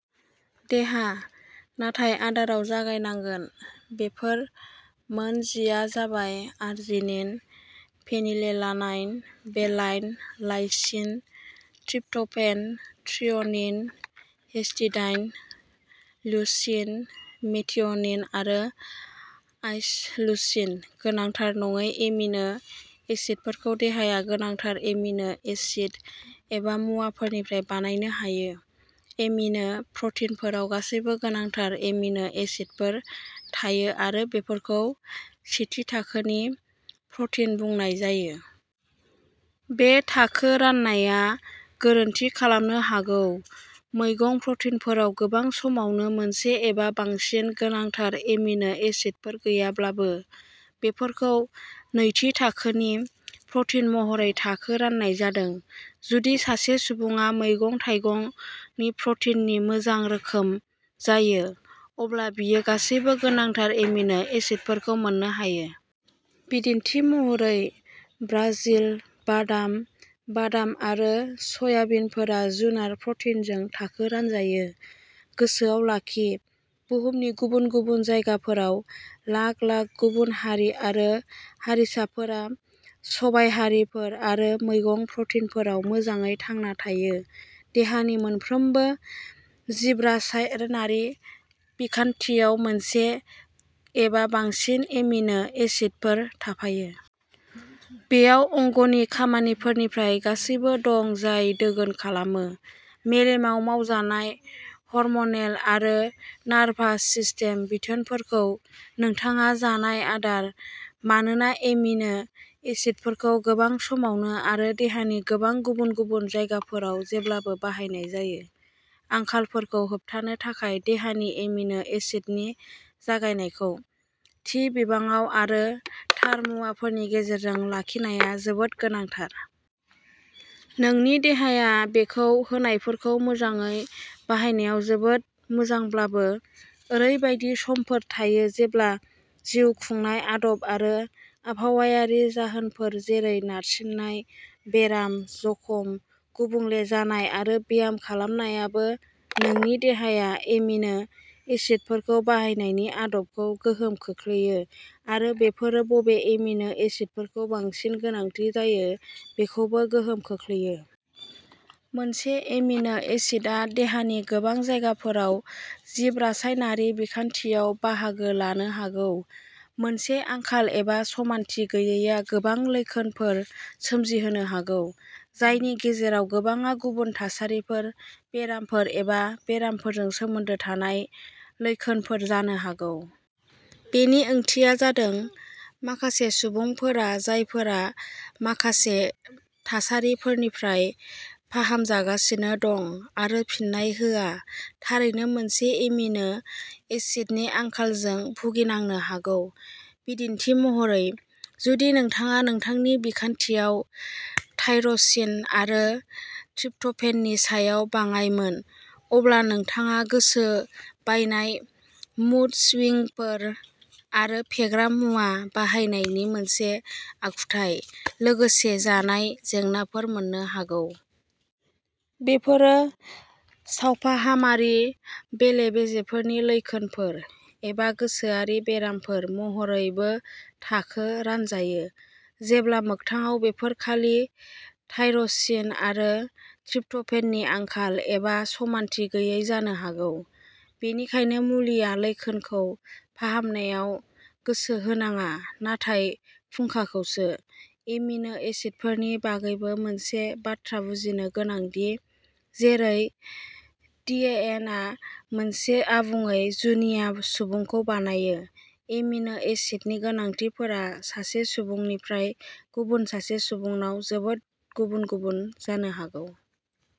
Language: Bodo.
देहा, नाथाय आदाराव जगायनांगोन। बेफोर मोन जि आ जाबाय arginine, phenylalanine, valine, lysine, tryptophan, threonine, histidine, leucine, methionine आरो आइस'ल्युसिन। गोनांथार नङै एमिनो एसिडफोरखौ देहाया गोनांथार एमिनो एसिड एबा मुवाफोरनिफ्राय बानायनो हायो। एमिनो प्रटिनफोराव गासैबो गोनांथार एमिनो एसिडफोर थायो आरो बेफोरखौ "सेथि थाखोनि" प्रटिन बुंनाय जायो। बे थाखो राननाया गोरोन्थि खालामनो हागौ। मैगं प्रटिनफोराव गोबां समावनो मोनसे एबा बांसिन गोनांथार एमिनो एसिडफोर गैयाब्लाबो, बेफोरखौ "नैथि थाखोनि" प्रटिन महरै थाखो राननाय जादों। जुदि सासे सुबुङा मैगं-थाइगंनि प्रटिननि मोजां रोखोम जायो, अब्ला बियो गासैबो गोनांथार एमिनो एसिडफोरखौ मोननो हायो। बिदिन्थि महरै, ब्राजिल बादाम, बादाम आरो सयाबिनफोरा जुनार प्रटिनजों थाखो रानजायो। गोसोआव लाखि, बुहुमनि गुबुन गुबुन जायगाफोराव लाख-लाख गुबुन हारि आरो हारिसाफोरा सबायहारिफोर आरो मैगं प्रटिनफोराव मोजाङै थांना थायो। देहानि मोनफ्रोमबो जिबरासायनारि बिखान्थियाव मोनसे एबा बांसिन एमिनो एसिडफोर थाफायो। बेयाव अंगनि खामानिफोरनिफ्राय गासैबो दं जाय दोगोन खालामो। मेलेमाव मावजानाय हर्म'नेल आरो नार्भास सिस्टेम बिथोनफोरखौ नोंथाङा जानाय आदार। मानोना एमिनो एसिडफोरखौ गोबां समावनो आरो देहानि गोबां गुबुन-गुबुन जायगाफोराव जेब्लाबो बाहायनाय जायो, आंखालफोरखौ होबथानो थाखाय देहानि एमिनो एसिडनि जगायनायखौ, थि बिबाङाव आरो थार मुवाफोरनि गेजेरजों लाखिनाया जोबोद गोनांथार। नोंनि देहाया बेखौ होनायफोरखौ मोजाङै बाहायनायाव जोबोद मोजांब्लाबो, ओरैबायदि समफोर थायो जेब्ला जिउ खुंनाय आदब आरो आबहावायारि जाहोनफोर जेरै नारसिननाय, बेराम, जखम, गुबुंले जानाय आरो ब्याम खालामनायाबो नोंनि देहाया एमिनो एसिडफोरखौ बाहायनायनि आदबखौ गोहोम खोख्लैयो आरो बेफोरो बबे एमिनो एसिडफोरखौ बांसिन गोनांथि जायो बेखौबो गोहोम खोख्लैयो। मोनसे एमिनो एसिडआ देहानि गोबां जायगाफोराव जिबरासायनारि बिखान्थियाव बाहागो लानो हागौ, मोनसे आंखाल एबा समानथि गैयैआ गोबां लैखोनफोर सोमजिहोनो हागौ, जायनि गेजेराव गोबांआ गुबुन थासारिफोर, बेरामफोर एबा बेरामफोरजों सोमोन्दो थानाय लैखोनफोर जानो हागौ। बेनि ओंथिया जादों माखासे सुबुंफोरा जायफोरा माखासे थासारिफोरनिफ्राय फाहामजागासिनो दं, आरो फिन्नाय होआ, थारैनो मोनसे एमिनो एसिडनि आंखालजों भुगिनांनो हागौ। बिदिन्थि महरै, जुदि नोंथाङा नोंथांनि बिखान्थियाव टायरोसिन आरो ट्रिप्ट'फेननि सायाव बाङायमोन, अब्ला नोंथाङा गोसो बायनाय, मुड स्विंगफोर, आरो फेग्रा मुवा बाहायनायनि मोनसे आखुथाय, लोगोसे जानाय जेंनाफोर मोननो हागौ। बेफोरो सावफाहामारि बेले-बेजेफोरनि लैखोनफोर, एबा गोसोआरि बेरामफोर महरैबो थाखो रानजायो, जेब्ला मोगथाङाव बेफोर खालि टायरोसिन आरो ट्रिप्ट'फेननि आंखाल एबा समानथि गैयै जानो हागौ। बेनिखायनो मुलिआ लैखोनखौ फाहामनायाव गोसो होनाङा, नाथाय फुंखाखौसो। एमिनो एसिडफोरनि बागैबो मोनसे बाथ्रा बुजिनो गोनां दि, जेरै डिएनएआ मोनसे आबुङै जुनिया सुबुंखौ बानायो, एमिनो एसिडनि गोनांथिफोरा सासे सुबुंनिफ्राय गुबुन सासे सुबुंनाव जोबोद गुबुन-गुबुन जानो हागौ।